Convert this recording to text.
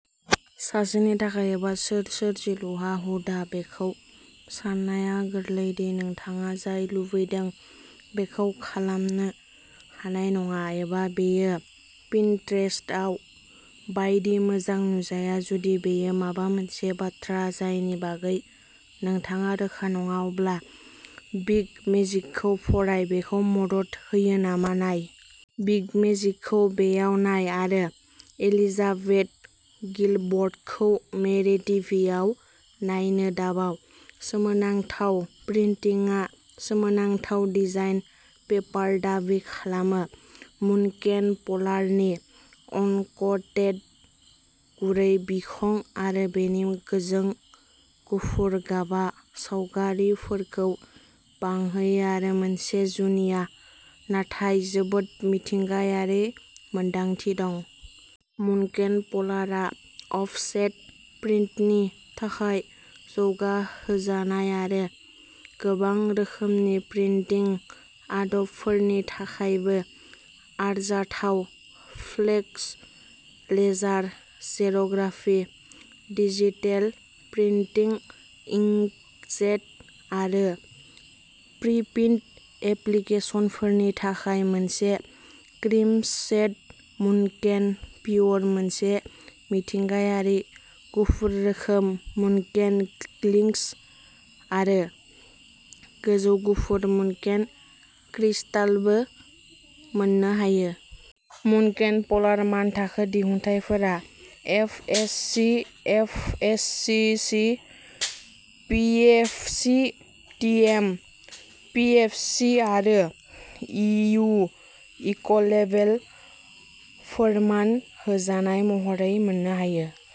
सासेनि थाखाय, एबा सोर सोरजिलुहा हुदा, बेखौ साननाया गोरलै दि नोंथाङा जाय लुबैदों बेखौ खालामनो हानाय नङा, एबा बेयो पिनट्रेस्टआव बायदि मोजां नुजाया जुदि बेयो माबा मोनसे बाथ्रा जायनि बागै नोंथाङा रोखा नङा, अब्ला बिग मेजिकखौ फराय, बेखौ मदद होयो नामा नाय? बिग मेजिकखौ बेयाव नाय, आरो एलिजाबेथ गिलबर्टखौ मेरि टिभिआव नायनो दाबाव! सोमोनांथाव प्रिन्टिंआ सोमोनांथाव डिजाइन पेपार दाबि खालामो। मुनकेन पलारनि अनक'टेड गुरै बिखं आरो बेनि गोजों गुफुर गाबआ सावगारिफोरखौ बांहोयो आरो मोनसे जुनिया, नाथाय जोबोद मिथिंगायारि मोनदांथि दं। मुनकेन पलारआ अफसेट प्रिन्टनि थाखाय जौगाहोजानाय आरो गोबां रोखोमनि प्रिन्टिं आदबफोरनि थाखायबो आरजाथाव; flex', laser, xerography, digital printing, inkjet आरो प्रिप्रिन्ट एप्लिकेसनफोरनि थाखाय मोनसे क्रिम शेड, मुनकेन प्युर, मोनसे मिथिंगायारि गुफुर रोखोम, मुनकेन लिंक्स आरो गोजौ गुफुर मुनकेन क्रिस्टालबो मोननो हायो। मुनकेन पलार मानथाखो दिहुनथायफोरा FSC FSC C, PEFC TM PEFC आरो ईयू इक'लेबेल फोरमान होजानाय महरै मोननो हायो।